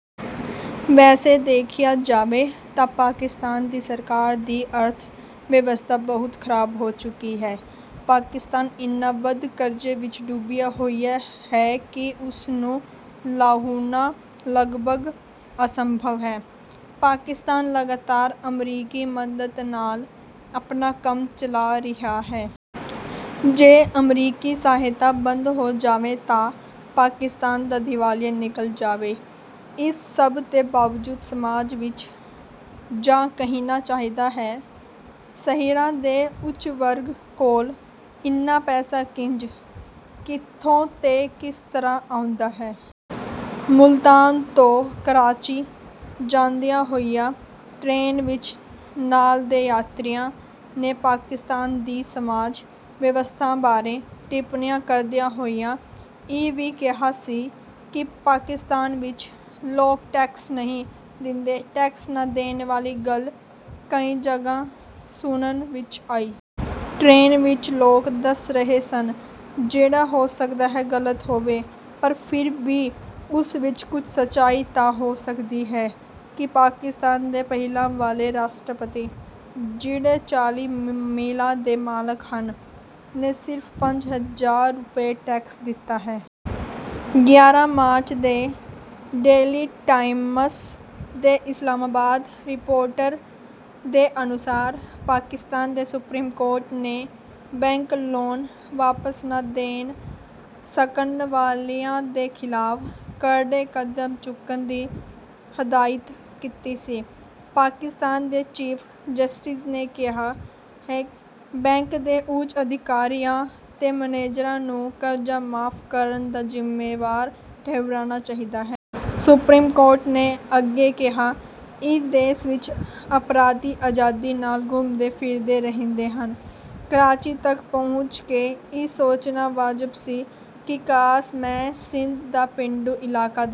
ਵੈਸੇ ਦੇਖਿਆ ਜਾਵੇ ਤਾਂ ਪਾਕਿਸਤਾਨ ਦੀ ਸਰਕਾਰ ਦੀ ਅਰਥ ਵਿਵਸਥਾ ਬਹੁਤ ਖ਼ਰਾਬ ਹੋ ਚੁੱਕੀ ਹੈ। ਪਾਕਿਸਤਾਨ ਇੰਨਾ ਵੱਧ ਕਰਜ਼ੇ ਵਿਚ ਡੁੱਬਿਆ ਹੋਇਆ ਹੈ ਕਿ ਉਸ ਨੂੰ ਲਾਹੁਣਾ ਲਗਭਗ ਅਸੰਭਵ ਹੈ। ਪਾਕਿਸਤਾਨ ਲਗਾਤਾਰ ਅਮਰੀਕੀ ਮਦਦ ਨਾਲ ਆਪਣਾ ਕੰਮ ਚਲਾ ਰਿਹਾ ਹੈ। ਜੇ ਅਮਰੀਕੀ ਸਹਾਇਤਾ ਬੰਦ ਹੋ ਜਾਵੇ ਤਾਂ ਪਾਕਿਸਤਾਨ ਦਾ ਦਿਵਾਲਾ ਨਿਕਲ ਜਾਵੇ। ਇਸ ਸਭ ਦੇ ਬਾਵਜੂਦ ਸਮਾਜ ਵਿਚ, ਜਾਂ ਕਹਿਣਾ ਚਾਹੀਦਾ ਹੈ, ਸ਼ਹਿਰਾਂ ਦੇ ਉੱਚ-ਵਰਗ ਕੋਲ ਇੰਨਾ ਪੈਸਾ ਕਿੰਜ, ਕਿੱਥੋਂ ਤੇ ਕਿਸ ਤਰ੍ਹਾਂ ਆਉਂਦਾ ਹੈ...? ਮੁਲਤਾਨ ਤੋਂ ਕਰਾਚੀ ਜਾਂਦਿਆਂ ਹੋਇਆ ਟਰੇਨ ਵਿਚ ਨਾਲ ਦੇ ਯਾਤਰੀਆਂ ਨੇ ਪਾਕਿਸਤਾਨ ਦੀ ਸਮਾਜ ਵਿਵਸਥਾ ਬਾਰੇ ਟਿੱਪਣੀਆਂ ਕਰਦਿਆਂ ਹੋਇਆਂ ਇਹ ਵੀ ਕਿਹਾ ਸੀ ਕਿ ਪਾਕਿਸਤਾਨ ਵਿਚ ਲੋਕ ਟੈਕਸ ਨਹੀਂ ਦਿੰਦੇ। ਟੈਕਸ ਨਾ ਦੇਣ ਵਾਲੀ ਗੱਲ ਕਈ ਜਗ੍ਹਾ ਸੁਣਨ ਵਿਚ ਆਈ। ਟਰੇਨ ਵਿਚ ਲੋਕ ਦੱਸ ਰਹੇ ਸਨ, ਜਿਹੜਾ ਹੋ ਸਕਦਾ ਹੈ ਗ਼ਲਤ ਹੋਵੇ, ਪਰ ਫਿਰ ਵੀ ਉਸ ਵਿਚ ਕੁਝ ਸੱਚਾਈ ਤਾਂ ਹੋ ਸਕਦੀ ਹੈ, ਕਿ ਪਾਕਿਸਤਾਨ ਦੇ ਪਹਿਲਾਂ ਵਾਲੇ ਰਾਸ਼ਟਰਪਤੀ, ਜਿਹੜੇ ਚਾਲੀ ਮਿਲਾਂ ਦੇ ਮਾਲਕ ਹਨ, ਨੇ ਸਿਰਫ਼ ਪੰਜ ਹਜ਼ਾਰ ਰੁਪਏ ਟੈਕਸ ਦਿੱਤਾ ਹੈ। ਗਿਆਰਾਂ ਮਾਰਚ ਦੇ ਡੇਲੀ ਟਾਈਮਸ ਦੇ ਇਸਲਾਮਾਬਾਦ ਰਿਪੋਰਟ ਦੇ ਅਨੁਸਾਰ, ਪਾਕਿਸਤਾਨ ਦੇ ਸੁਪਰੀਮ ਕੋਰਟ ਨੇ ਬੈਂਕ ‘ਲੋਨ’ ਵਾਪਸ ਨਾ ਦੇ ਸਕਣ ਵਾਲਿਆਂ ਦੇ ਖ਼ਿਲਾਫ਼ ਕਰੜੇ ਕਦਮ ਚੁੱਕਣ ਦੀ ਹਦਾਇਤ ਕੀਤੀ ਸੀ। ਪਾਕਿਸਤਾਨ ਦੇ ਚੀਫ਼ ਜਸਟਿਸ ਨੇ ਕਿਹਾ ਹੈ, ਬੈਂਕ ਦੇ ਉੱਚ ਅਧਿਕਾਰੀਆਂ ਤੇ ਮੈਨੇਜਰਾਂ ਨੂੰ ਕਰਜ਼ਾ ਮੁਆਫ਼ ਕਰਨ ਦਾ ਜ਼ਿੰਮੇਵਾਰ ਠਹਿਰਾਉਣਾ ਚਾਹੀਦਾ ਹੈ। ਸੁਪਰੀਮ ਕੋਰਟ ਨੇ ਅੱਗੇ ਕਿਹਾ, ਇਸ ਦੇਸ਼ ਵਿਚ ਅਪਰਾਧੀ ਆਜ਼ਾਦੀ ਨਾਲ ਘੁੰਮਦੇ ਫਿਰਦੇ ਰਹਿੰਦੇ ਹਨ। ਕਰਾਚੀ ਤਕ ਪਹੁੰਚ ਕੇ ਇਹ ਸੋਚਣਾ ਵਾਜਬ ਸੀ ਕਿ ਕਾਸ਼ ਮੈਂ ਸਿੰਧ ਦਾ ਪੇਂਡੂ ਇਲਾਕਾ ਦੇਖ...